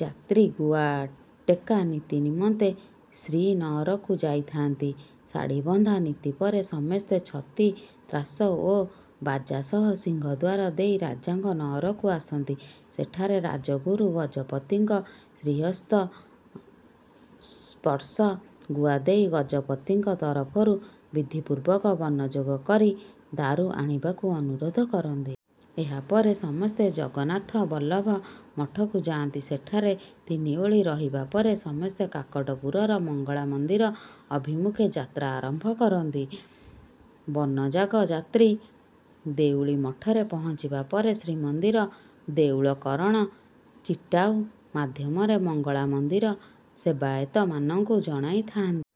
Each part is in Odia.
ଯାତ୍ରୀ ଗୁଆଟେକା ନୀତି ନିମନ୍ତେ ଶ୍ରୀନଅରକୁ ଯାଇଥାନ୍ତି। ଶାଢ଼ୀବନ୍ଧା ନୀତି ପରେ ସମସ୍ତେ ଛତି, ତ୍ରାସ ଓ ବାଜା ସହ ସିଂହଦ୍ୱାର ଦେଇ ରାଜାଙ୍କ ନଅରକୁ ଆସନ୍ତି। ସେଠାରେ ରାଜଗୁରୁ ଗଜପତିଙ୍କ ଶ୍ରୀହସ୍ତ ସ୍ପର୍ଶ ଗୁଆ ଦେଇ ଗଜପତିଙ୍କ ତରଫରୁ ବିଧିପୂର୍ବକ ବନଯାଗ କରି ଦାରୁ ଆଣିବାକୁ ଅନୁରୋଧ କରନ୍ତି। ଏହା ପରେ ସମସ୍ତେ ଜଗନ୍ନାଥ ବଲ୍ଲଭ ମଠକୁ ଯାଆନ୍ତି, ସେଠାରେ ତିନି ଓଳି ରହିବା ପରେ ସମସ୍ତେ କାକଟପୁରର ମଙ୍ଗଳା ମନ୍ଦିର ଅଭିମୁଖେ ଯାତ୍ରା ଆରମ୍ଭ କରନ୍ତି। ବନଯାଗ ଯାତ୍ରୀ ଦେଉଳିମଠରେ ପହଞ୍ଚିବା ପରେ ଶ୍ରୀମନ୍ଦିର ଦେଉଳକରଣ ଚିଟାଉ ମାଧ୍ୟମରେ ମଙ୍ଗଳା ମନ୍ଦିର ସେବାୟତମାନଙ୍କୁ ଜଣାଇଥାନ୍ତି।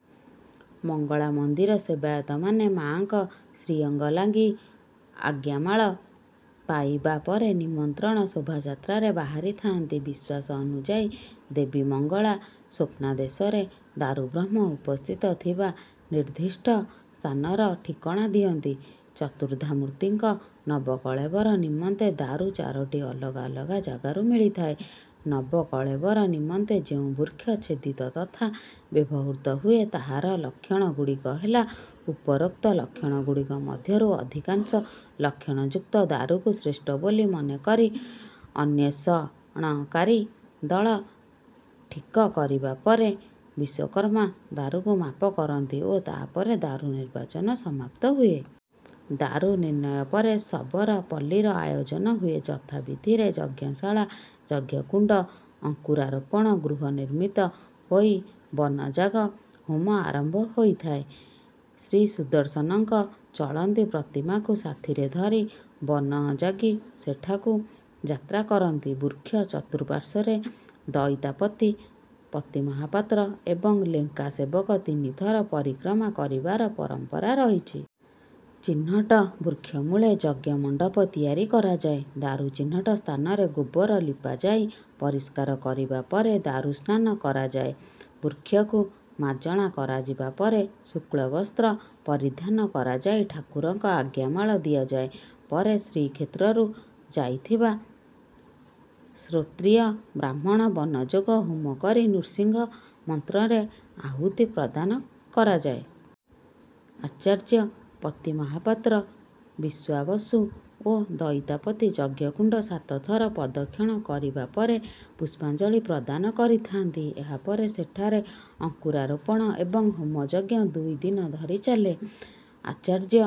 ମଙ୍ଗଳା ମନ୍ଦିର ସେବାୟତମାନେ ମା'ଙ୍କ ଶ୍ରୀଅଙ୍ଗଲାଗି ଆଜ୍ଞାମାଳ ପାଇବାପରେ ନିମନ୍ତ୍ରଣ ଶୋଭାଯାତ୍ରାରେ ବାହାରିଥାନ୍ତି। ବିଶ୍ୱାସ ଅନୁଯାଇ ଦେବୀ ମଙ୍ଗଳା ସ୍ୱପ୍ନାଦେଶରେ ଦାରୁବ୍ରହ୍ମ ଉପସ୍ଥିତ ଥିବା ନିର୍ଦ୍ଧିଷ୍ଠ ସ୍ଥାନର ଠିକଣା ଦିଅନ୍ତି। ଚତୁର୍ଦ୍ଧାମୁର୍ତ୍ତୀଙ୍କ ନବକଳେବର ନିମନ୍ତେ ଦାରୁ ଚାରୋଟି ଅଲଗା ଅଲଗା ଜାଗାରୁ ମିଳିଥାଏ। ନବକଳେବର ନିମନ୍ତେ ଯେଉଁ ବୃକ୍ଷ ଛେଦିତ ତଥା ବ୍ୟବହୃତ ହୁଏ, ତାହାର ଲକ୍ଷଣ ଗୁଡ଼ିକ ହେଲା ଉପରୋକ୍ତ ଲକ୍ଷଣଗୁଡ଼ିକ ମଧ୍ୟରୁ ଅଧିକାଂଶ ଲକ୍ଷଣଯୁକ୍ତ ଦାରୁକୁ ଶ୍ରେଷ୍ଠ ବୋଲି ମନେ କରି ଅନ୍ୱେଷଣକାରୀ ଦଳ ଠିକ କରିବା ପରେ ବିଶ୍ୱକର୍ମା ଦାରୁକୁ ମାପ କରନ୍ତି ଓ ତାପରେ ଦାରୁ ନିର୍ବାଚନ ସମାପ୍ତ ହୁଏ। ଦାରୁ ନିର୍ଣ୍ଣୟ ପରେ ଶବର ପଲ୍ଲୀର ଆୟୋଜନ ହୁଏ। ଯଥାବିଧିରେ ଯଜ୍ଞଶାଳା, ଯଜ୍ଞକୁଣ୍ଡ, ଅଙ୍କୁରାରୋପଣ ଗୃହ ନିର୍ମିତ ହୋଇ ବନଯାଗ ହୋମ ଆରମ୍ଭ ହୋଇଥାଏ। ଶ୍ରୀସୁଦର୍ଶନଙ୍କ ଚଳନ୍ତି ପ୍ରତିମାଙ୍କୁ ସାଥିରେ ଧରି ବନଯାଗୀ ସେଠାକୁ ଯାତ୍ରା କରନ୍ତି। ବୃକ୍ଷ ଚତୁଃପାଶ୍ୱର୍ରେ ଦଇତାପତି, ପତିମହାପାତ୍ର ଏବଂ ଲେଙ୍କା ସେବକ ତିନିଥର ପରିକ୍ରମା କରିବାର ପରମ୍ପରା ରହିଛି। ଚିହ୍ନଟ ବୃକ୍ଷମୂଳେ ଯଜ୍ଞମଣ୍ଡପ ତିଆରି କରାଯାଏ। ଦାରୁ ଚିହ୍ନଟ ସ୍ଥାନରେ ଗୋବର ଲିପାଯାଇ ପରିସ୍କାର କରିବା ପରେ ଦାରୁ ସ୍ନାନ କରାଯାଏ। ବୃକ୍ଷକୁ ମାଜଣା କରାଯିବା ପରେ ଶୁକ୍ଳବସ୍ତ୍ର ପରିଧାନ କରାଯାଇ ଠାକୁରଙ୍କ ଆଜ୍ଞାମାଳ ଦିଆଯାଏ। ପରେ ଶ୍ରୀକ୍ଷେତ୍ରରୁ ଯାଇଥିବା ସ୍ରୋତ୍ରୀୟ ବ୍ରାହ୍ମଣ ବନଯାଗ ହୋମ କରି ନୃସିଂହ ମନ୍ତ୍ରରେ ଆହୂତି ପ୍ରଦାନ କରାଯାଏ। ଆଚାର୍ଯ୍ୟ, ପତିମହାପାତ୍ର, ବିଶ୍ୱାବସୁ ଓ ଦଇତାପତି ଯଜ୍ଞକୁଣ୍ଡ ସାତ ଥର ପ୍ରଦକ୍ଷିଣ କରିବା ପରେ ପୁଷ୍ପାଞ୍ଜଳି ପ୍ରଦାନ କରିଥାନ୍ତି। ଏହାପରେ ସେଠାରେ ଅଙ୍କୁରାରୋପଣ ଏବଂ ହୋମଯଜ୍ଞ ଦୁଇଦିନ ଧରି ଚାଲେ। ଆଚାର୍ଯ୍ୟ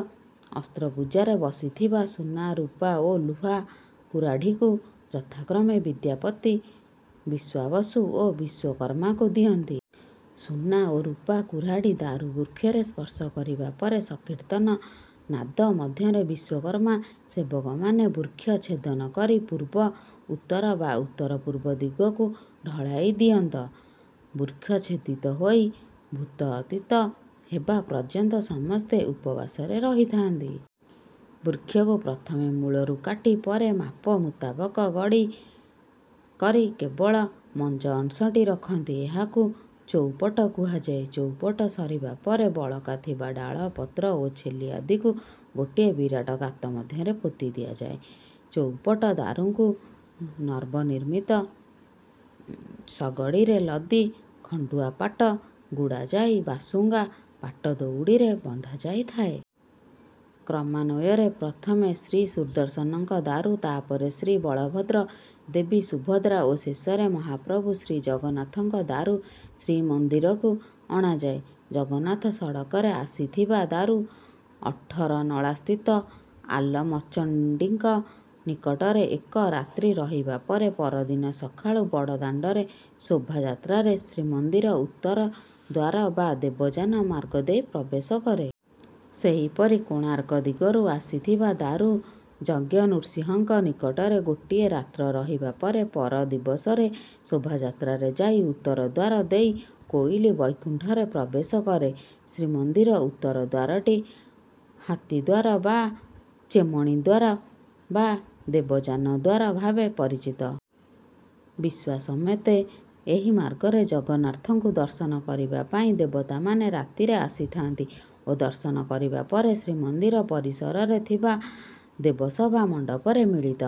ଅସ୍ତ୍ରପୂଜାରେ ବସିଥିବା ସୁନା, ରୁପା ଓ ଲୁହା କୁରାଢ଼ୀକୁ ଯଥାକ୍ରମେ ବିଦ୍ୟାପତି, ବିଶ୍ୱାବସୁ ଓ ବିଶ୍ୱକର୍ମାଙ୍କୁ ଦିଅନ୍ତି। ସୁନା ଓ ରୁପା କୁରାଢ଼ୀ ଦାରୁ ବୃକ୍ଷରେ ସ୍ପର୍ଶ କରିବା ପରେ ସଂକୀର୍ତ୍ତନ ନାଦ ମଧ୍ୟରେ ବିଶ୍ୱକର୍ମା ସେବକମାନେ ବୃକ୍ଷ ଚ୍ଛେଦନ କରି ପୂର୍ବ, ଉତ୍ତର ବା ଉତ୍ତର-ପୂର୍ବ ଦିଗକୁ ଢଳାଇ ଦିଅନ୍ତ। ବୃକ୍ଷ ଛେଦିତ ହୋଇ ଭୂପତିତ ହେବା ପର୍ଯନ୍ତ ସମସ୍ତେ ଉପବାସରେ ରହିଥାନ୍ତି। ବୃକ୍ଷକୁ ପ୍ରଥମେ ମୂଳରୁ କାଟି ପରେ ମାପ ମୁତାବକ ଗଡ଼ି କରି କେବଳ ମଞ୍ଜ ଅଂଶଟି ରଖନ୍ତି। ଏହାକୁ ଚଉପଟ କୁହାଯାଏ। ଚଉପଟ ସରିବା ପରେ ବଳକା ଥିବା ଡାଳ, ପତ୍ର ଓ ଛେଲି ଆଦିକୁ ଗୋଟିଏ ବିରାଟ ଗାତ ମଧ୍ୟରେ ପୋତି ଦିଆଯାଏ। ଚଉପଟ ଦାରୁଙ୍କୁ ନବନିର୍ମିତ ଶଗଡ଼ିରେ ଲଦି ଖଣ୍ଡୁଆ ପାଟ ଗୁଡ଼ାଯାଇ ବାସୁଙ୍ଗା ପାଟ ଦଉଡ଼ିରେ ବନ୍ଧାଯାଇଥାଏ। କ୍ରମାନ୍ୱୟରେ ପ୍ରଥମେ ଶ୍ରୀସୁଦର୍ଶନଙ୍କ ଦାରୁ ତାପରେ ଶ୍ରୀବଳଭଦ୍ର, ଦେବୀ ସୁଭଦ୍ରା ଓ ଶେଷରେ ମହାପ୍ରଭୁ ଶ୍ରୀଜଗନ୍ନାଥଙ୍କ ଦାରୁ ଶ୍ରୀମନ୍ଦିରକୁ ଅଣାଯାଏ। ଜଗନ୍ନାଥ ସଡ଼କରେ ଆସିଥିବା ଦାରୁ ଅଠରନଳାସ୍ଥିତ ଆଲାମଚଣ୍ଡିଙ୍କ ନିକଟରେ ଏକ ରାତ୍ରି ରହିବା ପରେ ପରିଦିନ ସକାଳୁ ବଡ଼ଦାଣ୍ଡରେ ଶୋଭାଯାତ୍ରାରେ ଶ୍ରୀମନ୍ଦିର ଉତ୍ତର ଦ୍ୱାର ବା ଦେବଯାନ ମାର୍ଗ ଦେଇ ପ୍ରବେଶ କରେ। ସେହିପରି କୋଣାର୍କ ଦିଗରୁ ଆସିଥିବା ଦାରୁ ଯଜ୍ଞନୃସିଂହଙ୍କ ନିକଟରେ ଗୋଟିଏ ରାତ୍ର ରହିବା ପରେ ପର ଦିବସରେ ଶୋଭାଯାତ୍ରାରେ ଯାଇ ଉତ୍ତର ଦ୍ୱାର ଦେଇ କୋଇଲି ବୈକୁଣ୍ଠରେ ପ୍ରବେଶ କରେ। ଶ୍ରୀମନ୍ଦିର ଉତ୍ତରଦ୍ୱାରଟି ହାତୀଦ୍ୱାର ବା ଚେମେଣୀ ଦ୍ୱାର ବା ଦେବଯାନ ଦ୍ୱାର ଭାବେ ପରିଚିତ। ବିଶ୍ୱାସମେତେ ଏହି ମାର୍ଗରେ ଜଗନ୍ନାଥଙ୍କୁ ଦର୍ଶନ କରିବା ପାଇଁ ଦେବତାମାନେ ରାତିରେ ଆସିଥାନ୍ତି ଓ ଦର୍ଶନ କରିବା ପରେ ଶ୍ରୀମନ୍ଦିର ପରିସରରେ ଥିବା ଦେବସଭା ମଣ୍ଡପରେ ମିଳିତ।